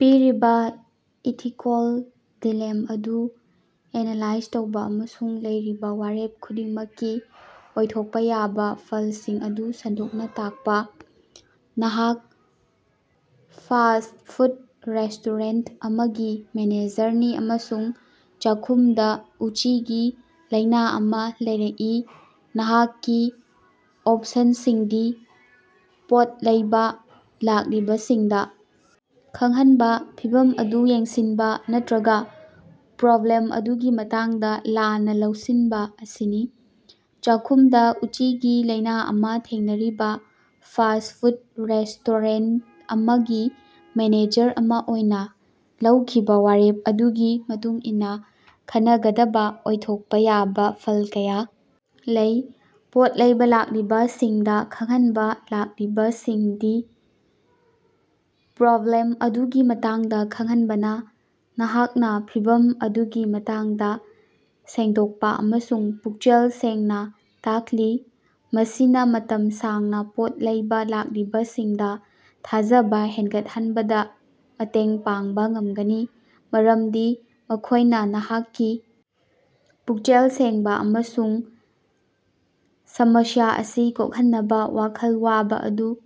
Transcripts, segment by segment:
ꯄꯤꯔꯤꯕꯥ ethical dilemma ꯑꯗꯨ analyse ꯇꯧꯕ ꯑꯃꯁꯨꯡ ꯂꯩꯔꯤꯕꯥ ꯋꯥꯔꯦꯞ ꯈꯨꯗꯤꯡꯃꯛꯀꯤ ꯑꯣꯏꯊꯣꯛꯄ ꯌꯥꯕ ꯐꯜꯁꯤꯡ ꯑꯗꯨ ꯁꯟꯗꯣꯛꯅ ꯇꯥꯛꯄ꯫ ꯅꯍꯥꯛ ꯐꯥꯁ꯭ꯠ ꯐꯨꯗ ꯔꯦꯁꯇꯣꯔꯦꯟꯇ ꯑꯃꯒꯤ ꯃꯦꯅꯦꯖꯔꯅꯤ ꯑꯃꯁꯨꯡ ꯆꯥꯛꯈꯨꯝꯗ ꯎꯆꯤꯒꯤ ꯂꯥꯏꯅ ꯑꯃ ꯂꯩꯔꯛꯏ꯫ ꯅꯍꯥꯛꯀꯤ ꯑꯣꯞꯁꯟꯁꯤꯡꯗꯤ ꯄꯣꯠ ꯂꯩꯕ ꯂꯥꯛꯂꯤꯕꯁꯤꯡꯗ ꯈꯪꯍꯟꯕ ꯐꯤꯚꯝ ꯑꯗꯨ ꯌꯦꯡꯁꯤꯟꯕ ꯅꯠꯇ꯭ꯔꯒ ꯄ꯭ꯔꯣꯕ꯭ꯂꯦꯝ ꯑꯗꯨꯒꯤ ꯃꯇꯥꯡꯗ ꯂꯥꯟꯅ ꯂꯧꯁꯤꯟꯕ ꯑꯁꯤꯅꯤ꯫ ꯆꯥꯈꯨꯝꯗ ꯎꯆꯤꯒꯤ ꯂꯥꯏꯅ ꯑꯃꯥ ꯊꯦꯡꯅꯔꯤꯕꯥ ꯐꯥꯁ꯭ꯠ ꯐꯨꯗ ꯔꯦꯁꯇꯣꯔꯦꯟꯇ ꯑꯃꯒꯤ ꯃꯦꯅꯦꯖꯔ ꯑꯃ ꯑꯣꯏꯅ ꯂꯧꯈꯤꯕ ꯋꯥꯔꯦꯞ ꯑꯗꯨꯒꯤ ꯃꯇꯨꯡ ꯏꯟꯅ ꯈꯟꯅꯒꯗꯕ ꯑꯣꯏꯊꯣꯛꯄ ꯌꯥꯕ ꯐꯜ ꯀꯌꯥ ꯂꯩ꯫ ꯄꯣꯠ ꯂꯩꯕ ꯂꯥꯛꯂꯤꯕꯁꯤꯡꯗ ꯈꯪꯍꯟꯕ ꯂꯥꯛꯂꯤꯕꯁꯤꯡꯗ ꯄ꯭ꯔꯣꯕ꯭ꯂꯦꯝ ꯑꯗꯨꯒꯤ ꯃꯇꯥꯡꯗ ꯈꯪꯍꯟꯕꯅ ꯅꯍꯥꯛꯅ ꯐꯤꯚꯝ ꯑꯗꯨꯒꯤ ꯃꯇꯥꯡꯗ ꯁꯦꯡꯗꯣꯛꯄ ꯑꯃꯁꯨꯡ ꯄꯨꯛꯆꯦꯜ ꯁꯦꯡꯅ ꯇꯥꯛꯂꯤ꯫ ꯃꯁꯤꯅ ꯃꯇꯝ ꯁꯥꯡꯅ ꯄꯣꯠ ꯂꯩꯕ ꯂꯥꯛꯂꯤꯕꯁꯤꯡꯗ ꯊꯥꯖꯕ ꯍꯦꯟꯒꯠꯍꯟꯕꯗ ꯃꯇꯦꯡ ꯄꯥꯡꯕ ꯉꯝꯒꯅꯤ ꯃꯔꯝꯗꯤ ꯃꯈꯣꯢꯅ ꯅꯍꯥꯛꯀꯤ ꯄꯨꯛꯆꯦꯜ ꯁꯦꯡꯕ ꯑꯃꯁꯨꯡ ꯁꯃꯁ꯭ꯌꯥ ꯑꯁꯤ ꯀꯣꯛꯍꯟꯅꯕ ꯋꯥꯈꯜ ꯋꯥꯕ ꯑꯗꯨ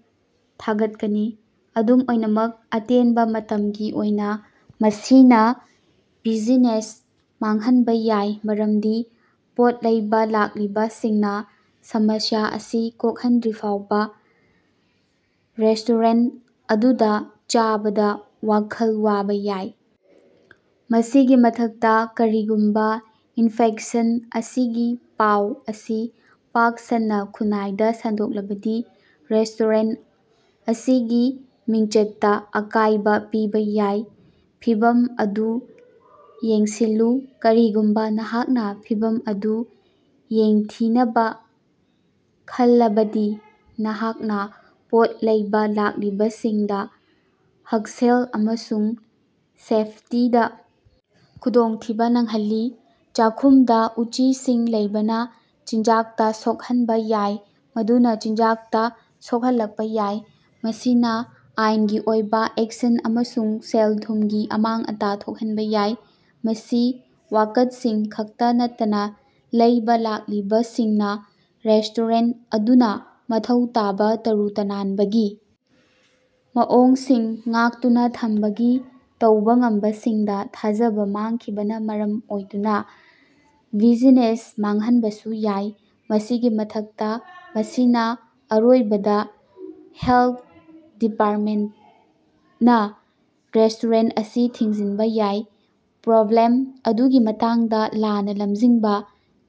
ꯊꯥꯒꯠꯀꯅꯤ꯫ ꯑꯗꯨꯝ ꯑꯣꯏꯅꯃꯛ ꯑꯇꯦꯟꯕ ꯃꯇꯝꯒꯤ ꯑꯣꯏꯅ ꯃꯁꯤꯅ ꯕꯤꯖꯤꯅꯦꯁ ꯃꯥꯡꯍꯟꯕ ꯌꯥꯏ ꯃꯔꯝꯗꯤ ꯄꯣꯠ ꯂꯩꯕ ꯂꯥꯛꯂꯤꯕ ꯁꯤꯡꯅ ꯁꯃꯁ꯭ꯌꯥ ꯑꯁꯤ ꯀꯣꯛꯍꯟꯗ꯭ꯔꯤꯐꯥꯎꯕ ꯔꯦꯁꯇꯣꯔꯦꯟꯇ ꯑꯗꯨꯗ ꯆꯥꯕꯗ ꯋꯥꯈꯜ ꯋꯥꯕꯥ ꯌꯥꯏ꯫ ꯃꯁꯤꯒꯤ ꯃꯊꯛꯇ ꯀꯔꯤꯒꯨꯝꯕ ꯏꯟꯐꯦꯛꯁꯟ ꯑꯁꯤꯒꯤ ꯄꯥꯎ ꯑꯁꯤ ꯄꯥꯛ ꯁꯟꯅ ꯈꯨꯟꯅꯥꯏꯗ ꯁꯟꯗꯣꯛꯂꯕꯗꯤ ꯔꯦꯁꯇꯣꯔꯦꯟꯇ ꯑꯁꯤꯒꯤ ꯃꯤꯡꯆꯠꯇ ꯑꯀꯥꯢꯕ ꯄꯤꯕꯥ ꯌꯥꯏ꯫ ꯐꯤꯚꯝ ꯑꯗꯨ ꯌꯦꯡꯁꯤꯜꯂꯨ ꯀꯔꯤꯒꯨꯝꯕ ꯅꯍꯥꯛꯅ ꯐꯤꯚꯝ ꯑꯗꯨ ꯌꯦꯡꯊꯤꯅꯕ ꯈꯜꯂꯕꯗꯤ ꯅꯍꯥꯛꯅ ꯄꯣꯠ ꯂꯩꯕ ꯂꯥꯛꯂꯤꯕꯁꯤꯡꯗ ꯍꯛꯁꯦꯜ ꯑꯃꯁꯨꯡ ꯁꯦꯐꯇꯤꯗ ꯈꯨꯗꯣꯡꯊꯤꯕ ꯅꯪꯍꯜꯂꯤ꯫ ꯆꯥꯈꯨꯝꯗ ꯎꯆꯤꯁꯤꯡ ꯂꯩꯕꯅ ꯆꯤꯟꯖꯥꯛꯇꯥ ꯁꯣꯛꯍꯟꯕ ꯌꯥꯏ ꯃꯗꯨꯅ ꯆꯤꯟꯖꯥꯛꯇ ꯁꯣꯛꯍꯜꯂꯛꯄ ꯌꯥꯏ꯫ ꯃꯁꯤꯅꯥ ꯑꯥꯏꯟꯒꯤ ꯑꯣꯏꯕ ꯑꯦꯛꯁꯟ ꯑꯃꯁꯨꯡ ꯁꯦꯜ-ꯊꯨꯝꯒꯤ ꯑꯃꯥꯡ-ꯑꯇꯥ ꯊꯣꯛꯍꯟꯕ ꯌꯥꯏ ꯃꯁꯤ ꯋꯥꯀꯠꯁꯤꯡ ꯈꯛꯇ ꯅꯠꯇꯅ ꯂꯩꯕ ꯂꯥꯛꯂꯤꯕꯁꯤꯡꯅ ꯔꯦꯁꯇꯣꯔꯦꯟꯇ ꯑꯗꯨꯅ ꯃꯊꯧ ꯇꯥꯕ ꯇꯔꯨ ꯇꯅꯥꯟꯕꯒꯤ ꯃꯑꯣꯡꯁꯤꯡ ꯉꯥꯛꯇꯨꯅ ꯊꯝꯕꯒꯤ ꯇꯧꯕ ꯉꯝꯕꯁꯤꯡꯗ ꯊꯥꯖꯕ ꯃꯥꯡꯈꯤꯕꯅ ꯃꯔꯝ ꯑꯣꯏꯗꯨꯅ ꯕꯤꯖꯤꯅꯦꯁ ꯃꯥꯡꯍꯟꯕꯁꯨ ꯌꯥꯏ꯫ ꯃꯁꯤꯒꯤ ꯃꯊꯛꯇ ꯃꯁꯤꯅ ꯑꯔꯣꯏꯕꯗ ꯍꯦꯜꯊ ꯗꯤꯄꯥꯔꯇꯃꯦꯟꯇꯅ ꯔꯦꯁꯇꯣꯔꯦꯟꯇ ꯑꯁꯤ ꯊꯤꯡꯖꯤꯟꯕ ꯌꯥꯏ꯫ ꯄ꯭ꯔꯣꯕ꯭ꯂꯦꯝ ꯑꯗꯨꯒꯤ ꯃꯇꯥꯡꯗ ꯂꯥꯟꯅ ꯂꯝꯖꯤꯡꯕ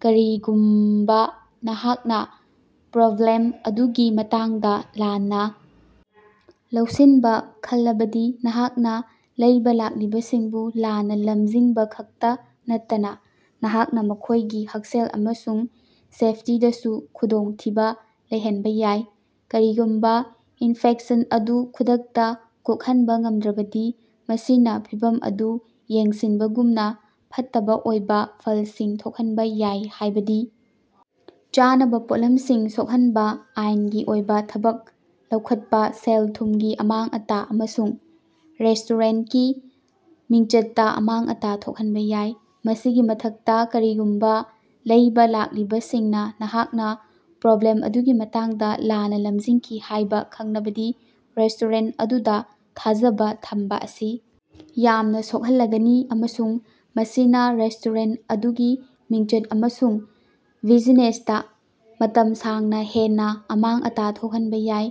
ꯀꯔꯤꯒꯨꯃꯕ ꯅꯍꯥꯛꯅ ꯄ꯭ꯔꯣꯕ꯭ꯂꯦꯝ ꯑꯗꯨꯒꯤ ꯃꯇꯥꯡꯗ ꯂꯥꯟꯅ ꯂꯧꯁꯤꯟꯕ ꯈꯜꯂꯕꯗꯤ ꯅꯍꯥꯛꯅ ꯂꯩꯕ ꯂꯥꯛꯂꯤꯕꯁꯤꯡꯕꯨ ꯂꯥꯟꯅ ꯂꯝꯖꯤꯡꯕꯈꯛꯇꯗ ꯅꯠꯇꯅ ꯅꯍꯥꯛꯅ ꯃꯈꯣꯢꯒꯤ ꯍꯛꯁꯦꯜ ꯑꯃꯁꯨꯡ ꯁꯦꯐꯇꯤꯗꯁꯨ ꯈꯨꯗꯣꯡ ꯊꯤꯕ ꯂꯩꯍꯟꯕ ꯌꯥꯏ꯫ ꯀꯔꯤꯒꯨꯝꯕ ꯏꯟꯐꯦꯛꯁꯟ ꯑꯗꯨ ꯈꯨꯗꯛꯇ ꯀꯣꯛꯍꯟꯕ ꯉꯝꯗ꯭ꯔꯕꯗꯤ ꯃꯁꯤꯅ ꯐꯤꯚꯝ ꯑꯗꯨ ꯌꯦꯡꯁꯤꯟꯕꯒꯨꯝꯅ ꯐꯠꯇꯕ ꯑꯣꯏꯕ ꯐꯜꯁꯤꯡ ꯊꯣꯛꯍꯟꯕ ꯌꯥꯏ ꯍꯥꯢꯕꯗꯤ ꯆꯥꯅꯕ ꯄꯣꯠꯂꯝꯁꯤꯡ ꯁꯣꯛꯍꯟꯕ ꯑꯥꯏꯟꯒꯤ ꯑꯣꯏꯕ ꯊꯕꯛ ꯂꯧꯈꯠꯄ ꯁꯦꯜ-ꯊꯨꯝꯒꯤ ꯑꯃꯥꯡ-ꯑꯇꯥ ꯑꯃꯁꯨꯡ ꯔꯦꯁꯇꯣꯔꯦꯟꯇꯀꯤ ꯃꯤꯡꯆꯠꯇ ꯑꯃꯥꯡ-ꯑꯇꯥ ꯊꯣꯛꯍꯟꯕ ꯌꯥꯏ꯫ ꯃꯁꯤꯒꯤ ꯃꯊꯛꯇ ꯀꯔꯤꯒꯨꯝꯕ ꯂꯩꯕ ꯂꯥꯛꯂꯤꯕꯁꯤꯡꯅ ꯅꯍꯥꯛꯅ ꯄ꯭ꯔꯣꯕ꯭ꯂꯦꯝ ꯑꯗꯨꯒꯤ ꯃꯇꯥꯡꯗ ꯂꯥꯟꯅ ꯂꯝꯖꯤꯡꯈꯤ ꯍꯥꯢꯕ ꯈꯪꯂꯕꯗꯤ ꯔꯦꯁꯇꯣꯔꯦꯟꯇ ꯑꯗꯨꯗ ꯊꯥꯖꯕ ꯊꯝꯕ ꯑꯁꯤ ꯌꯥꯝꯅ ꯁꯣꯛꯍꯜꯂꯒꯅꯤ ꯑꯃꯁꯨꯡ ꯃꯁꯤꯅ ꯔꯦꯁꯇꯣꯔꯦꯟꯇ ꯑꯗꯨꯒꯤ ꯃꯤꯡꯆꯠ ꯑꯃꯁꯨꯡ ꯕꯤꯖꯤꯅꯦꯁꯇ ꯃꯇꯝ ꯁꯥꯡꯅ ꯍꯦꯟꯅ ꯑꯃꯥꯡ-ꯑꯇꯥ ꯊꯣꯛꯍꯟꯕ ꯌꯥꯏ꯫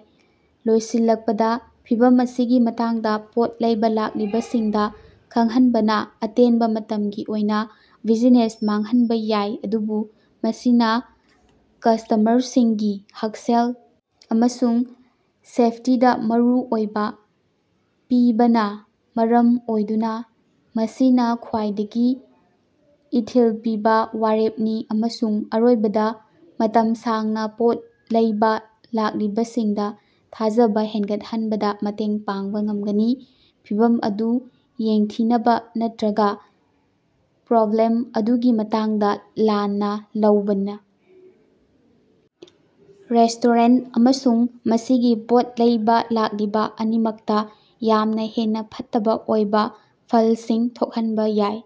ꯂꯣꯏꯁꯤꯜꯂꯛꯄꯗ ꯐꯤꯚꯝ ꯑꯁꯤꯒꯤ ꯃꯇꯥꯡꯗ ꯄꯣꯠ ꯂꯩꯕ ꯂꯥꯛꯂꯤꯕꯁꯤꯡꯗ ꯈꯡꯍꯟꯕꯅ ꯑꯇꯦꯟꯕ ꯃꯇꯝꯒꯤ ꯑꯣꯏꯅ ꯕꯤꯖꯤꯅꯦꯁ ꯃꯥꯡꯍꯟꯕ ꯌꯥꯏ ꯑꯗꯨꯕꯨ ꯃꯁꯤꯅ ꯀꯁꯇꯃꯔꯁꯤꯡꯒꯤ ꯍꯛꯁꯦꯜ ꯑꯃꯁꯨꯡ ꯁꯦꯐꯇꯤꯗ ꯃꯔꯨ ꯑꯣꯏꯕ ꯄꯤꯕꯅ ꯃꯔꯝ ꯑꯣꯏꯗꯨꯅ ꯃꯁꯤꯅ ꯈ꯭ꯋꯥꯏꯗꯒꯤ ꯏꯊꯤꯜ ꯄꯤꯕ ꯋꯥꯔꯦꯞꯅꯤ ꯑꯃꯁꯨꯡ ꯑꯔꯣꯏꯕꯗ ꯃꯇꯝ ꯁꯥꯡꯅ ꯄꯣꯠ ꯂꯩꯕ ꯂꯥꯛꯂꯤꯕꯁꯤꯡꯗ ꯊꯥꯖꯕ ꯍꯦꯟꯒꯠꯍꯟꯕꯗ ꯃꯇꯦꯡ ꯄꯥꯡꯕ ꯉꯝꯒꯅꯤ꯫ ꯐꯤꯚꯝ ꯑꯗꯨ ꯌꯦꯡꯊꯤꯅꯕ ꯅꯠꯇ꯭ꯔꯒ ꯄ꯭ꯔꯣꯕ꯭ꯂꯦꯝ ꯑꯗꯨꯒꯤ ꯃꯇꯥꯡꯗ ꯂꯥꯟꯅ ꯂꯧꯕꯅ ꯔꯦꯁꯇꯣꯔꯦꯟꯇ ꯑꯃꯁꯨꯡ ꯃꯁꯤꯒꯤ ꯄꯣꯠ ꯂꯩꯕ ꯂꯥꯛꯂꯤꯕ ꯑꯅꯤꯃꯛꯇ ꯌꯥꯝꯅ ꯍꯦꯟꯅ ꯐꯠꯇꯕ ꯑꯣꯏꯕ ꯐꯜꯁꯤꯡ ꯊꯣꯛꯍꯟꯕꯥ ꯌꯥꯏ꯫